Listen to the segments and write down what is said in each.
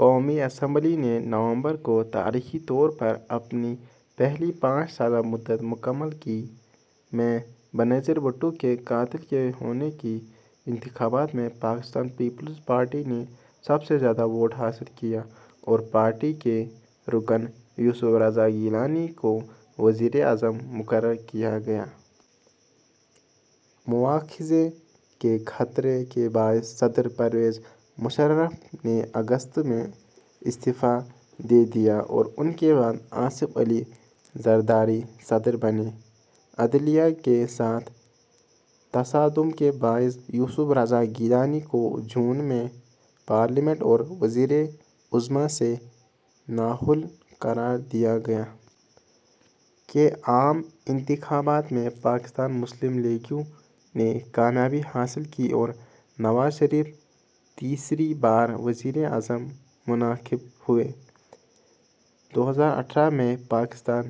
قومی اسمبلی نے نومبر کو تاریخی طور پر اپنی پہلی پانچ سالہ مدت مکمل کی۔ میں بے نظیر بھٹو کے قتل کے بعد کے انتخابات میں پیپلز پارٹی نے سب سے زیادہ ووٹ حاصل کیے اور پارٹی کے رکن یوسف رضا گیلانی کو وزیر اعظم مقرر کیا۔ مواخذے کے خطرے کے باعث صدر مشرف نے اگست کو استعفا دے دیا اور ان کے بعد آصف علی زردہری صدر بنے۔ عدلیہ کے ساتھ تصادم کے باعث گیلانی کو جون میں پارلیمنٹ اور وزارت عظمیٰ سے نااہل قرار دے دیا گیا۔ کے عام انتخابات میں پاکستان مسلم لیگ نے کامیابی حاصل کی اور نواز شریف تیسری بار وزیر اعظم منتخب ہوئے۔ میں پاکستان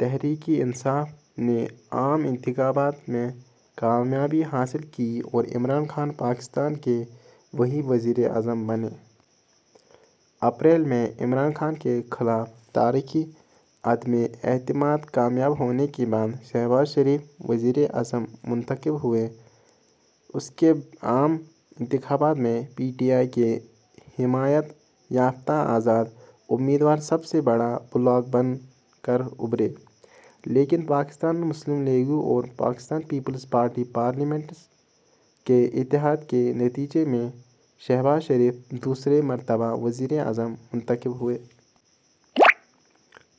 تحریک انصاف نے عام انتخابات میں کامیابی حاصل کی اور عمران خان ویں وزیر اعظم بنے۔ اپریل میں عمران خان کے خلاف تحریک عدم اعتماد کامیاب ہونے کے بعد شہباز شریف وزیر اعظم منتخب ہوئے۔ کے عام انتخابات میں پ۔ ت۔ ا کے حمایت یافتہ آزاد امیدوار سب سے بڑا بلاک بنے، لیکن پاکستان مسلم لیگ اور پیپلز پارٹی پارلیمنٹیرینز کے اتحاد کے نتیجے میں شہباز شریف دوسری مرتبہ وزیر اعظم منتخب ہوئے۔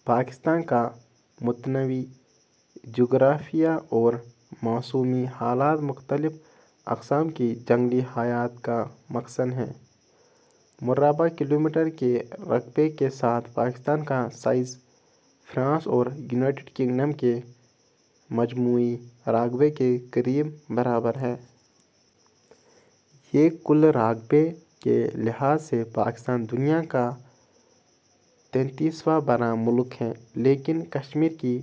پاکستان کا متنوع جغرافیہ اور موسمی حالات مختلف اقسام کی جنگلی حیات کا مسکن ہیں۔ مربع کلومیٹر کے رقبے کے ساتھ پاکستان کا سائز فرانس اور برطانیہ کے مجموعی رقبے کے برابر ہے۔ یہ کل رقبے کے لحاظ سے دنیا کا واں بڑا ملک ہے، مگر کشمیر کی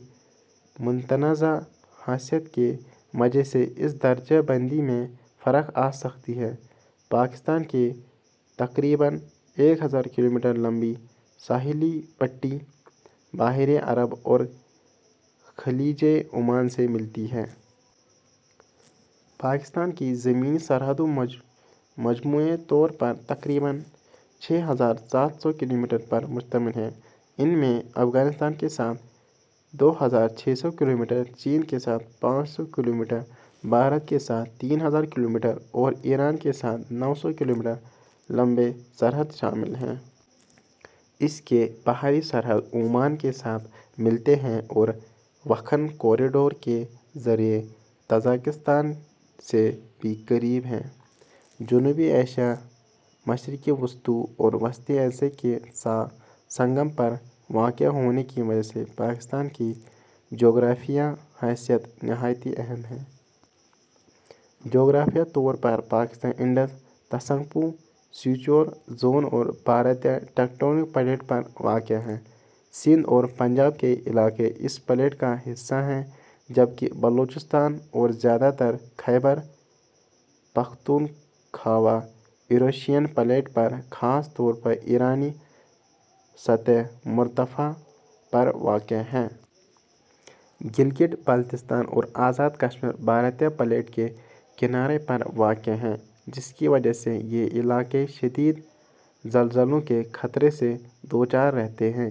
متنازع حیثیت کے سبب اس میں فرق آ سکتا ہے۔ پاکستان کلومیٹر لمبی ساحلی پٹی پر محیط ہے جو بحیرہ عرب اور خلیج عمان سے ملتی ہے۔ اس کی زمینی سرحدیں مجموعی طور پر کلومیٹر پر مشتمل ہیں، جن میں افغانستان کے ساتھ کلومیٹر ، چین کے ساتھ کلومیٹر ، بھارت کے ساتھ کلومیٹر اور ایران کے ساتھ کلومیٹر شامل ہیں۔ اس کی بحری سرحد عمان کے ساتھ ملتی ہے اور واخان کوریڈور کے ذریعے تاجکستان سے بھی جڑی ہوئی ہے۔ جنوبی ایشیا، مشرق وسطیٰ اور وسطی ایشیا کے سنگم پر واقع ہونے کی وجہ سے پاکستان کی جغرافیائی حیثیت انتہائی اہم ہے۔ جغرافیائی طور پر پاکستان انڈس-تسانگپو سچّر زون اور بھارتی ٹیکٹونک پلیٹ پر واقع ہے، جہاں سندھ اور پنجاب کے علاقے اس پلیٹ کا حصہ ہیں جبکہ بلوچستان اور زیادہ تر خیبر پختونخوا یوریشین پلیٹ پر، خاص طور پر ایرانی سطح مرتفع پر ہیں۔ گلگت بلتستان اور آزاد کشمیر بھارتی پلیٹ کے کنارے پر واقع ہیں، جس کی وجہ سے یہ علاقے شدید زلزلوں کے خطرے سے دوچار ہیں۔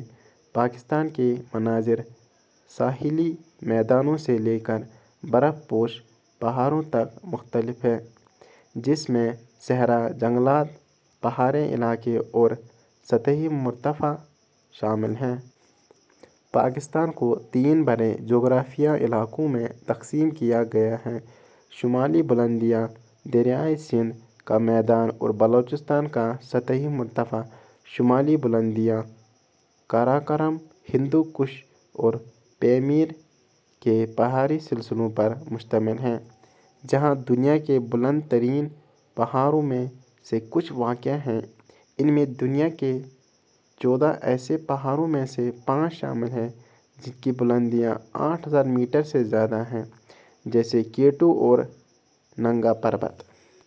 پاکستان کے مناظر ساحلی میدانوں سے لے کر برف پوش پہاڑوں تک مختلف ہیں، جن میں صحرا، جنگلات، پہاڑیاں اور سطح مرتفع شامل ہیں۔ پاکستان کو تین بڑے جغرافیائی علاقوں میں تقسیم کیا گیا ہے: شمالی بلندیاں، دریائے سندھ کا میدان اور بلوچستان کا سطح مرتفع۔ شمالی بلندیاں قراقرم، ہندوکش اور پامیر پہاڑی سلسلوں پر مشتمل ہیں، جہاں دنیا کے بلند ترین پہاڑوں میں سے کچھ واقع ہیں، جن میں چودہ میں سے پانچ ایسے پہاڑ شامل ہیں جن کی اونچائی میٹر سے زیادہ ہے، جیسے کہ کے ٹو اور نانگا پربت ۔